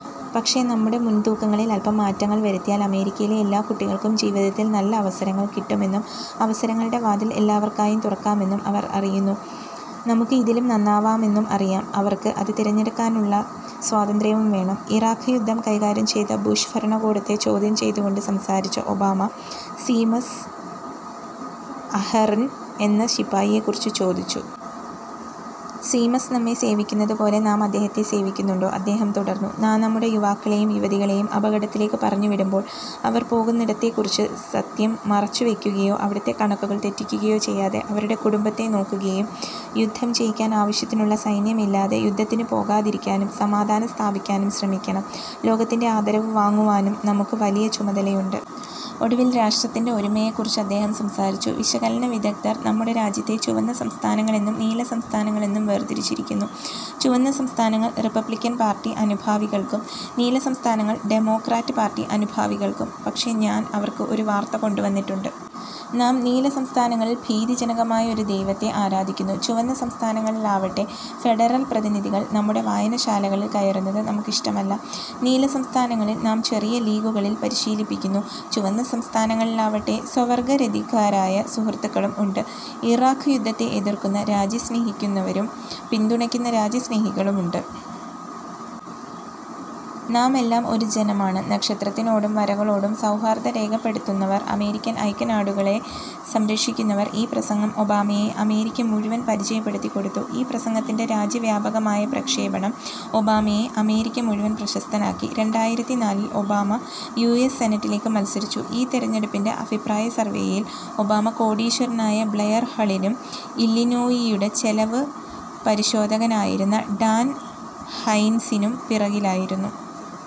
പക്ഷേ നമ്മുടെ മുൻതൂക്കങ്ങളിൽ അല്പം മാറ്റങ്ങൾ വരുത്തിയാൽ അമേരിക്കയിലെ എല്ലാ കുട്ടികൾക്കും ജീവിതത്തിൽ നല്ല അവസരങ്ങൾ കിട്ടുമെന്നും അവസരങ്ങളുടെ വാതിൽ എല്ലാവർക്കായും തുറക്കാമെന്നും അവർ അറിയുന്നു. നമുക്ക് ഇതിലും നന്നാവാമെന്നും അറിയാം. അവർക്ക് അത് തിരഞ്ഞെടുക്കുവാനുള്ള സ്വാതന്ത്രവും വേണം. " ഇറാഖ് യുദ്ധം കൈകാര്യം ചെയ്ത ബുഷ് ഭരണകൂടത്തെ ചോദ്യം ചെയ്തുകൊണ്ട് സംസാരിച്ച ഒബാമ, സീമസ് അഹെർൻ എന്ന ശിപ്പായിയെക്കുറിച്ച് ചോദിച്ചു. "സീമസ് നമ്മെ സേവിക്കുന്നതുപോലെ നാം അദ്ദേഹത്തേ സേവിക്കുന്നുണ്ടോ? " അദ്ദേഹം തുടർന്നു: "നാം നമ്മുടെ യൂവാക്കളേയും യുവതികളേയും അപകടത്തിലേക്ക് പറഞ്ഞു വിടുമ്പോൾ, അവർ പോകുന്നിടത്തേക്കുറിച്ച് സത്യം മറച്ച് വയ്ക്കുകയോ അവിടത്തെ കണക്കുകൾ തെറ്റിക്കുകയോ ചെയ്യാതെ, അവരുടെ കുടുംബത്തെ നോക്കുകയും, യുദ്ധം ജയിക്കാൻ ആവശ്യത്തിനുള്ള സൈന്യമില്ലാതെ യുദ്ധത്തിനു പോകാതിരിക്കാനും, സമാധാനം സ്ഥാപിക്കാനും ശ്രമിക്കണം, ലോകത്തിന്റെ ആദരവ് വാങ്ങുവാനും നമുക്ക് വലിയ ചുമതലയുണ്ട്. " ഒടുവിൽ രാഷ്ട്രത്തിന്റെ ഒരുമയെക്കുറിച്ച് അദ്ദേഹം സംസാരിച്ചു: വിശകലന വിദഗ്ദ്ധർ നമ്മുടെ രാജ്യത്തെ ചുവന്ന സംസ്ഥാനങ്ങൾ എന്നും നീല സംസ്ഥാനങ്ങൾ എന്ന് വേർതിരിച്ചിരിക്കുന്നു; ചുവന്ന സംസ്ഥാനങ്ങൾ റിപ്പബ്ലിക്കൻ പാർട്ടി അനുഭാവികൾക്കും, നീല സംസ്ഥാനങ്ങൾ ഡെമോക്രാറ്റ് പാർട്ടി അനുഭാവികൾക്കും. പക്ഷേ ഞാൻ അവർക്ക് ഒരു വാർത്ത കൊണ്ടുവന്നിട്ടുണ്ട്. നാം നീല സംസ്ഥാനങ്ങളിൽ ഭീതിജനകമായ ഒരു ദൈവത്തെ ആരാധിക്കുന്നു, ചുവന്ന സംസ്ഥാനങ്ങളിലാവട്ടെ ഫെഡറൽ പ്രതിനിധികൾ നമ്മുടെ വായനശാലകളിൽ കയറുന്നത് നമുക്ക് ഇഷ്ടമല്ല. നീല സംസ്ഥാനങ്ങളിൽ നാം ചെറിയ ലീഗുകളിൽ പരിശീലിപ്പിക്കുന്നു, ചുവന്ന സംസ്ഥാനങ്ങളിൽ ആവട്ടെ സ്വവർഗരതിക്കാരായ സുഹ്രുത്തുക്കളും ഉണ്ട്. ഇറാഖ് യുദ്ധത്തെ എതിർക്കുന്ന രാജ്യസ്നേഹിക്കുന്നവരും പിന്തുണക്കുന്ന രാജ്യസ്നേഹികളും ഉണ്ട്. നാം എല്ലാം ഒരു ജനമാണ്, നക്ഷത്രത്തിനോടും വരകളോടും സൗഹാർദം രേഖപ്പെടുത്തുന്നവർ, അമേരിക്കൻ ഐക്യനാടുകളെ സംരക്ഷിക്കുന്നവർ. ഈ പ്രസംഗം ഒബാമയെ അമേരിക്ക മുഴുവനും പരിചയപ്പെടുത്തിക്കൊടുത്തു. ഈ പ്രസംഗത്തിന്റെ രാജ്യവ്യാപകമായ പ്രക്ഷേപണം ഒബാമയെ അമേരിക്ക മുഴുവൻ പ്രശസ്തനാക്കി. " രണ്ടായിരത്തിനാലിൽ, ഒബാമ യു. എസ്. സെനറ്റിലേക്ക് മത്സരിച്ചു. ഈ തിരഞ്ഞെടുപ്പിന്റെ അഭിപ്രായ സർവേയിൽ ഒബാമ കോടീശ്വരനായ ബ്ലെയർ ഹളിനും ഇല്ലിനോയിയുടെ ചെലവ് പരിശോധകനായിരുന്ന ഡാൻ ഹൈൻസിനും പിറകിലായിരുന്നു.